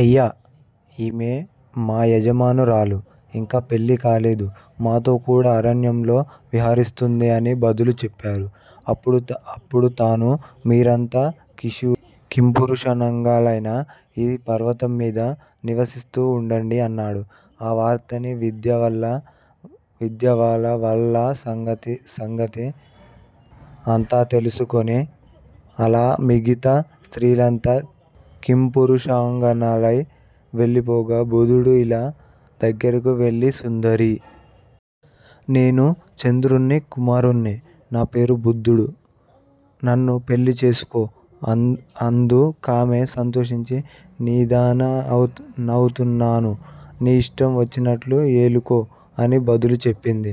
అయ్యా! ఈమె మా యజమానురాలు. ఇంకా పెళ్లి కాలేదు. మాతో కూడా అరణ్యంలో విహరిస్తూంది అని బదులు చెప్పారు. అప్పుడతను మీరంతా కింపురుషాంగనలై ఈ పర్వతం మీద నివసిస్తూ వుండండి అన్నాడు. ఆవార్తని విద్య వల్ల వాళ్ల సంగతి అంతా తెలుసుకొని. అలా మిగతా స్త్రీలంతా కింపురుషాంగనలై వెళ్లిపోగా బుధుడు ఇళ దగ్గరకు వెళ్ళి సుందరీ! నేను చంద్రుని కుమారుణ్ణి. నా పేరు బుధుడు. నన్ను పెళ్ళి చేసుకో. అందుకామె సంతోషించి నీదాన నవుతున్నాను. నీ ఇష్టం వచ్చినట్లు ఏలుకో అని బదులు చెప్పింది.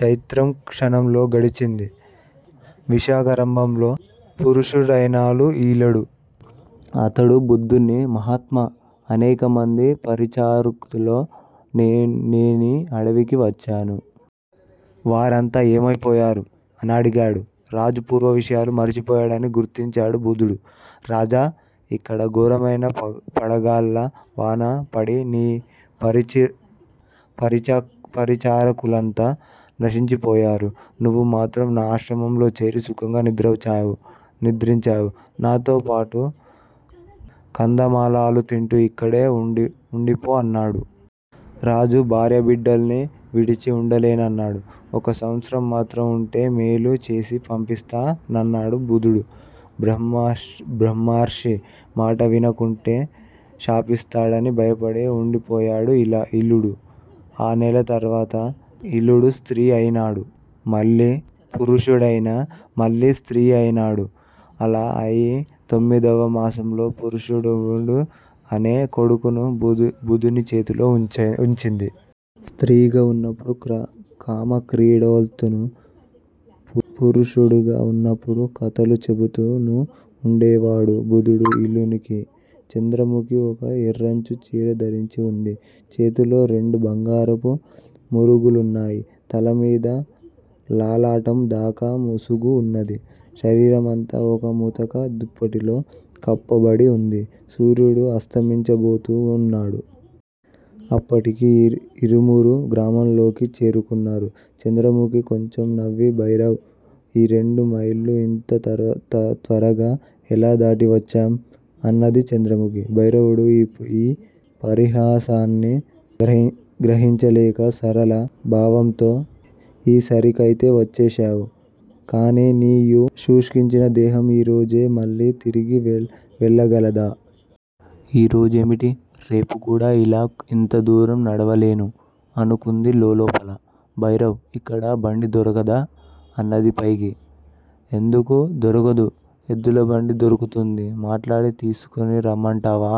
చైత్రం క్షణంలో గడిచింది. వైశాఖారంభంలో పుఋషుడైనాడు ఇళుడు. అతడు బుధుణ్ని మహాత్మా! అనేకమంది పరిచారకుల్తో నేనీ అడవికి వచ్చాను. వారంతా ఏమైపోయారు? ' అని అడిగాడు. రాజు పూర్వ విషయాలు మరచిపోయాడని గుర్తించాడు బుధుడు. రాజా! ఇక్కడ ఘోరమైన వడగళ్ళ వాన పడి నీ పరిచారకులంతా నశించిపోయారు. నువ్వు మాత్రం నా ఆశ్రమంలో చేరి సుఖంగా నిద్రించావు. నాతోపాటు కందమూలాలు తింటూ ఇక్కడే వుండిపో అన్నాడు. రాజు భార్యాబిడ్డల్ను విడిచి వుండలేనన్నాడు. ఒక్క సంవత్సరం మాత్రం వుంటే మేలు చేసి పంపిస్తా నన్నాడు బుధుడు. బ్రహ్మర్షి మాట వినకుంటే శపిస్తాడని భయపడి వుండిపోయాడు ఇళుడు. ఆ నెల తర్వాత ఇళుడు స్త్రీ అయినాడు. మళ్లీ పుఋషుడైనాడు. మళ్ళీ స్త్రీ అయినాడు. అలా అయి తొమ్మిదవ మాసంలో పురూరవుడు అనే కొడుకును బుధుని చేతిలో ఉంచింది. స్త్రీగా వున్నప్పుడు కామక్రీడల్తోనూ, పుఋషుడుగా వున్నప్పుడు కథలు చెపుతూనూ వుండేవాడు బుధుడు ఇళునికి. చంద్రముఖి ఒక ఎర్రంచు చీర ధరించి వుంది. చేతిలో రెండు బంగారపు మురుగులున్నాయి. తల మీద లలాటం దాకా ముసుగు వున్నది. శరీరమంతా ఒక ముతక దుప్పటిలో కప్పబడి వుంది. సూర్యుడు అస్తమించబోతూ వున్నాడు. అప్పటికి ఇరువురూ గ్రామంలోకి చేరుకున్నారు. చంద్రముఖి కొంచెం నవ్వి భైరవ్! ఈ రెండు మైళ్ళు ఇంత త్వరగా ఎలా దాటి వచ్చాం? అన్నది చంద్రముఖి. భైరవుడు ఈ పరిహాసాన్ని గ్రహించలేక సరళ భావంతో_ ఈ సారికైతే వచ్చేశావు. కాని నీ యీ శుష్కించిన దేహం ఈ రోజే మళ్ళీ తిరిగి వెళ్ళగలదా? 'ఈ రోజేమిటి? రేపు కూడా ఇలా ఇంత దూరం నడవలేను. ' అనుకున్నది లోలోపల. భైరవ్! ఇక్కడ బండి దొరకదా? అన్నది పైకి. ఎందుకు దొరకదు? ఎద్దులబండి దొరుకుతుంది. మాట్లాడి తీసికొని రమ్మంటావా?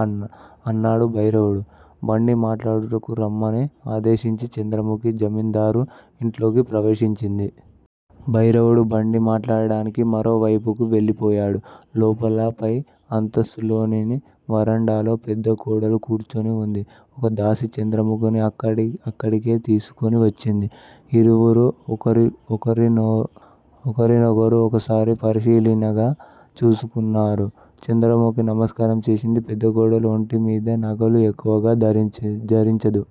అన్నాడు భైరవుడు. బండి మాట్లాడుకు రమ్మని ఆదేశించి చంద్రముఖి జమీందారు ఇంట్లోకి ప్రవేశించింది. భైరవుడు బండి మాట్లాడటానికి మరోవైపుకు వెళ్ళిపోయాడు. లోపల పై అంతస్తులోని వరండాలో పెద్ద కోడలు కూర్చొని వుంది. ఒక దాసీ చంద్రముఖిని అక్కడికే తీసికొని వచ్చింది. ఇరువురూ ఒకరినొకరు ఒకసారి పరిశీలనగా చూసుకొన్నారు. చంద్రముఖి నమస్కారం చేసింది. పెద్దకోడలు ఒంటి మీద నగలు ఎక్కువగా ధరించదు.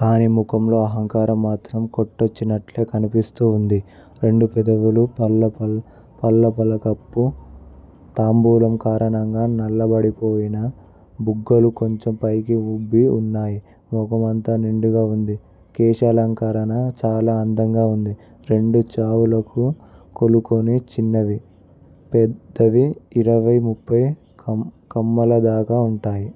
కాని ముఖంలో అహంకారం మాత్రం కొట్టవచ్చినట్లే కన్పిస్తూ వుంది. రెండు పెదవులు, పళ్ళు పళ్ళకప్పు, తాంబూలం కారణంగా నల్లబడిపోయాయి. బుగ్గలు కొంచెం పైకి ఉబ్బి వున్నాయి. ముఖం అంతా నిండుగా వుంది. కేశాలంకరణ చాలా అందంగా వుంది. రెండు చెవులకూ కలుపుకొని చిన్నవీ, పెద్దవీ ఇరవై ముప్పై కమ్మలదాకా వుంటాయి.